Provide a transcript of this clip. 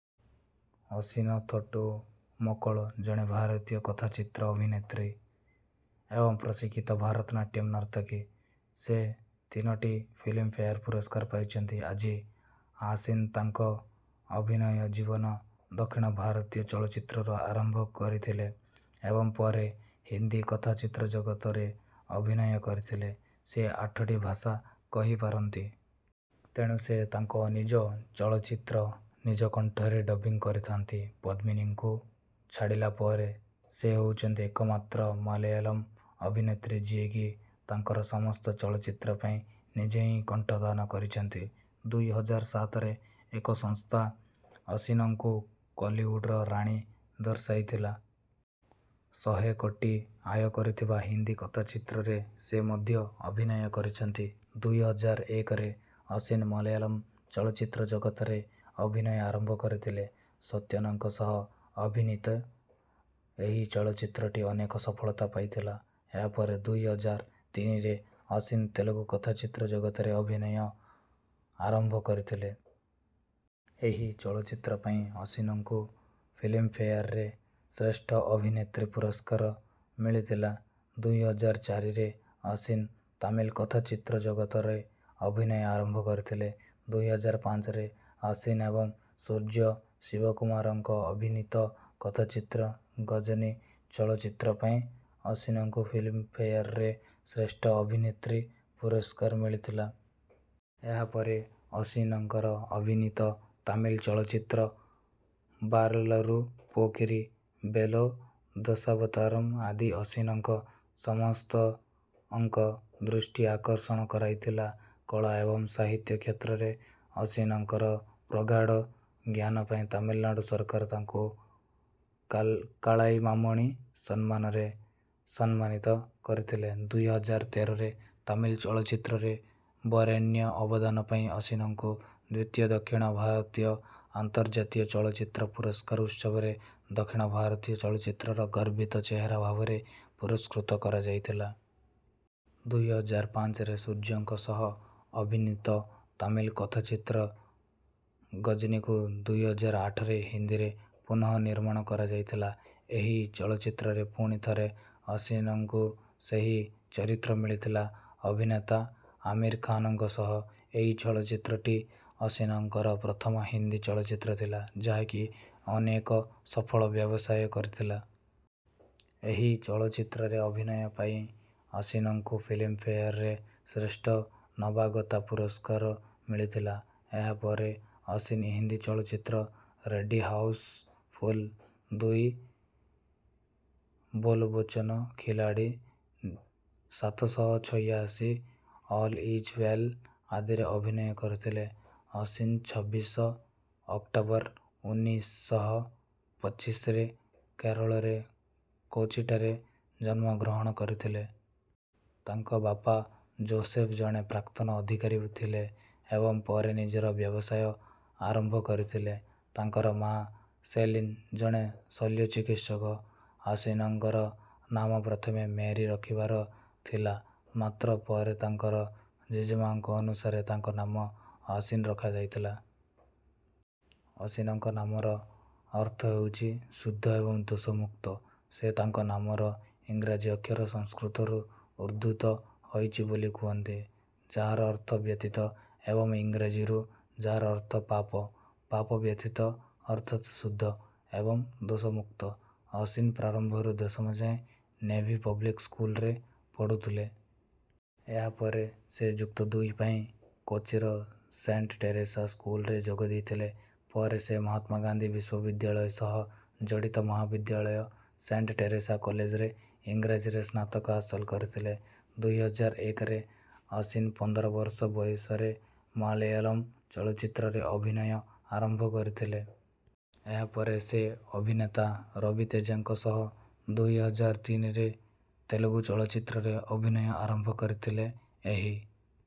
ଅସିନ ଥୋଟ୍ଟୁମକଳ ଜଣେ ଭାରତୀୟ କଥାଚିତ୍ର ଅଭିନେତ୍ରୀ ଏବଂ ପ୍ରଶିକ୍ଷିତ ଭାରତନାଟ୍ୟମ ନର୍ତ୍ତକୀ। ସେ ତିନୋଟି ଫିଲ୍ମଫେୟାର ପୁରସ୍କାର ପାଇଛନ୍ତି। ଆଜି ଆସୀନ ତାଙ୍କ ଅଭିନୟ ଜୀବନ ଦକ୍ଷିଣ ଭାରତୀୟ ଚଳଚ୍ଚିତ୍ରରୁ ଆରମ୍ଭ କରିଥିଲେ ଏବଂ ପରେ ହିନ୍ଦୀ କଥାଚିତ୍ର ଜଗତରେ ଅଭିନୟ କରିଥିଲେ। ସେ ଆଠଟି ଭାଷା କହିପାରନ୍ତି। ତେଣୁ ସେ ତାଙ୍କ ନିଜ ଚଳଚ୍ଚିତ୍ର ନିଜ କଣ୍ଠରେ ଡବିଂ କରିଥାନ୍ତି। ପଦ୍ମିନୀଙ୍କୁ ଛାଡ଼ିଲା ପରେ ସେ ହେଉଛନ୍ତି ଏକମାତ୍ର ମଲାୟଲମ ଅଭିନେତ୍ରୀ ଯିଏକି ତାଙ୍କର ସମସ୍ତ ଚଳଚ୍ଚିତ୍ର ପାଇଁ ନିଜେ ହିଁ କଣ୍ଠଦାନ କରିଛନ୍ତି। ଦୁଇ ହଜାର ସାତରେ ଏକ ସଂସ୍ଥା ଅସିନଙ୍କୁ କଲିଉଡ଼ର ରାଣୀ ଦର୍ଶାଇଥିଲା। ଶହେ କୋଟି ଆୟ କରିଥିବା ହିନ୍ଦୀ କଥାଚିତ୍ରରେ ସେ ମଧ୍ୟ ଅଭିନୟ କରିଛନ୍ତି। ଦୁଇ ହଜାର ଏକରେ ଅସିନ ମାଲାୟଲମ ଚଳଚ୍ଚିତ୍ର ଜଗତରେ ଅଭିନୟ ଆରମ୍ଭ କରିଥିଲେ। ସତ୍ୟନଙ୍କ ସହ ଅଭିନୀତ ଏହି ଚଳଚ୍ଚିତ୍ରଟି ଅନେକ ସଫଳତା ପାଇଥିଲା। ଏହାପରେ ଦୁଇ ହଜାର ତିନିରେ ଅସିନ ତେଲୁଗୁ କଥାଚିତ୍ର ଜଗତରେ ଅଭିନୟ ଆରମ୍ଭ କରିଥିଲେ। ଏହି ଚଳଚ୍ଚିତ୍ର ପାଇଁ ଅସିନଙ୍କୁ ଫିଲ୍ମଫେୟାରରେ ଶ୍ରେଷ୍ଠ ଅଭିନେତ୍ରୀ ପୁରସ୍କାର ମିଳିଥିଲା। ଦୁଇ ହଜାର ଚାରିରେ ଅସିନ ତାମିଲ କଥାଚିତ୍ର ଜଗତରେ ଅଭିନୟ ଆରମ୍ଭ କରିଥିଲେ। ଦୁଇ ହଜାର ପାଞ୍ଚରେ ଅସିନ ଏବଂ ସୂର୍ଯ୍ୟ ଶିବକୁମାରଙ୍କ ଅଭିନୀତ କଥାଚିତ୍ର ଗଜନୀ ଚଳଚ୍ଚିତ୍ର ପାଇଁ ଅସିନଙ୍କୁ ଫିଲ୍ମଫେୟାରରେ ଶ୍ରେଷ୍ଠ ଅଭିନେତ୍ରୀ ପୁରସ୍କାର ମିଳିଥିଲା। ଏହାପରେ ଅସିନଙ୍କର ଅଭିନୀତ ତାମିଲ ଚଳଚ୍ଚିତ୍ର ବାରଲାରୁ ପୋକ୍କିରୀ ବେଲ ଦଶାବତାରମ ଆଦି ଅସିନଙ୍କ ସମସ୍ତଙ୍କ ଦୃଷ୍ଟି ଆକର୍ଷଣ କରାଇଥିଲା। କଳା ଏବଂ ସାହିତ୍ୟ କ୍ଷେତ୍ରରେ ଅସିନଙ୍କର ପ୍ରଗାଢ଼ ଜ୍ଞାନ ପାଇଁ ତାମିଲନାଡ଼ୁ ସରକାର ତାଙ୍କୁ କା କାଳାଇମାମଣି ସମ୍ମାନରେ ସମ୍ମାନିତ କରିଥିଲେ। ଦୁଇ ହଜାର ତେରରେ ତାମିଲ ଚଳଚ୍ଚିତ୍ରରେ ବରେଣ୍ୟ ଅବଦାନ ପାଇଁ ଅସିନଙ୍କୁ ଦ୍ୱିତୀୟ ଦକ୍ଷିଣ ଭାରତୀୟ ଆନ୍ତର୍ଜାତୀୟ ଚଳଚ୍ଚିତ୍ର ପୁରସ୍କାର ଉତ୍ସବରେ ଦକ୍ଷିଣ ଭାରତୀୟ ଚଳଚ୍ଚିତ୍ରର ଗର୍ବିତ ଚେହେରା ଭାବରେ ପୁରସ୍କୃତ କରାଯାଇଥିଲା। ଦୁଇ ହଜାର ପାଞ୍ଚରେ ସୂର୍ଯ୍ୟଙ୍କ ସହ ଅଭିନୀତ ତାମିଲ କଥାଚିତ୍ର ଗଜନୀକୁ ଦୁଇ ହଜାର ଆଠରେ ହିନ୍ଦୀରେ ପୁନଃନିର୍ମାଣ କରାଯାଇଥିଲା। ଏହି ଚଳଚ୍ଚିତ୍ରରେ ପୁଣିଥରେ ଅସିନଙ୍କୁ ସେହି ଚରିତ୍ର ମିଳିଥିଲା ଅଭିନେତା ଆମିର ଖାନଙ୍କ ସହ। ଏହି ଚଳଚ୍ଚିତ୍ରଟି ଅସିନଙ୍କର ପ୍ରଥମ ହିନ୍ଦୀ ଚଳଚ୍ଚିତ୍ର ଥିଲା ଯାହାକି ଅନେକ ସଫଳ ବ୍ୟବସାୟ କରିଥିଲା। ଏହି ଚଳଚ୍ଚିତ୍ରରେ ଅଭିନୟ ପାଇଁ ଅସିନଙ୍କୁ ଫିଲ୍ମଫେୟାରରେ ଶ୍ରେଷ୍ଠ ନବାଗତା ପୁରସ୍କାର ମିଳିଥିଲା। ଏହାପରେ ଅସିନ ହିନ୍ଦୀ ଚଳଚ୍ଚିତ୍ର ରେଡ୍ଡି ହାଉସଫୁଲ ଦୁଇ ବୋଲ ବଚନ ଖିଲାଡ଼ି ସାତ ଶହ ଛୟାଶୀ ଅଲ ଇଜ ୱେଲ ଆଦିରେ ଅଭିନୟ କରିଥିଲେ। ଅସିନ ଛବିଶ ଅକ୍ଟୋବର ଉନ୍ନିଶ ଶହ ପଚିଶରେ କେରଳର କୋଚିଠାରେ ଜନ୍ମଗ୍ରହଣ କରିଥିଲେ। ତାଙ୍କ ବାପା ଜୋସେଫ ଜଣେ ପ୍ରାକ୍ତନ ଅଧିକାରୀ ଥିଲେ ଏବଂ ପରେ ନିଜର ବ୍ୟବସାୟ ଆରମ୍ଭ କରିଥିଲେ। ତାଙ୍କର ମାଆ ସେଲିନ ଜଣେ ଶଲ୍ୟ ଚିକିତ୍ସକ। ଆସିନଙ୍କର ନାମ ପ୍ରଥମେ ମେରୀ ରଖିବାର ଥିଲା ମାତ୍ର ପରେ ତାଙ୍କର ଜେଜେମାଙ୍କ ଅନୁସାରେ ତାଙ୍କ ନାମ ଆସିନ ରଖାଯାଇଥିଲା। ଅସିନଙ୍କ ନାମର ଅର୍ଥ ହେଉଛି ଶୁଦ୍ଧ ଏବଂ ଦୋଷମୁକ୍ତ। ସେ ତାଙ୍କ ନାମର ଇଂରାଜୀ ଅକ୍ଷର ସଂସ୍କୃତରୁ ଉଦ୍ଧୃତ ହୋଇଛି ବୋଲି କୁହନ୍ତି ଯାହାର ଅର୍ଥ ବ୍ୟତୀତ ଏବଂ ଇଂରାଜୀରୁ ଯାହାର ଅର୍ଥ ପାପ। ପାପ ବ୍ୟତୀତ ଅର୍ଥାତ ଶୁଦ୍ଧ ଏବଂ ଦୋଷମୁକ୍ତ। ଅସିନ ପ୍ରାରମ୍ଭରୁ ଦଶମ ଯାଏଁ ନେଭି ପବ୍ଲିକ ସ୍କୁଲରେ ପଢ଼ୁଥିଲେ। ଏହାପରେ ସେ ଯୁକ୍ତ ଦୁଇ ପାଇଁ କୋଚିର ସେଣ୍ଟ ଟେରେସା ସ୍କୁଲରେ ଯୋଗ ଦେଇଥିଲେ। ପରେ ସେ ମହାତ୍ମା ଗାନ୍ଧୀ ବିଶ୍ୱବିଦ୍ୟାଳୟ ସହ ଜଡ଼ିତ ମହାବିଦ୍ୟାଳୟ ସେଣ୍ଟ ଟେରେସା କଲେଜରେ ଇଂରାଜୀରେ ସ୍ନାତକ ହାସଲ କରିଥିଲେ। ଦୁଇ ହଜାର ଏକରେ ଅସିନ ପନ୍ଦର ବର୍ଷ ବୟସରେ ମାଲାୟଲମ ଚଳଚ୍ଚିତ୍ରରେ ଅଭିନୟ ଆରମ୍ଭ କରିଥିଲେ। ଏହାପରେ ସେ ଅଭିନେତା ରବି ତେଜାଙ୍କ ସହ ଦୁଇ ହଜାର ତିନିରେ ତେଲୁଗୁ ଚଳଚ୍ଚିତ୍ରରେ ଅଭିନୟ ଆରମ୍ଭ କରିଥିଲେ। ଏହି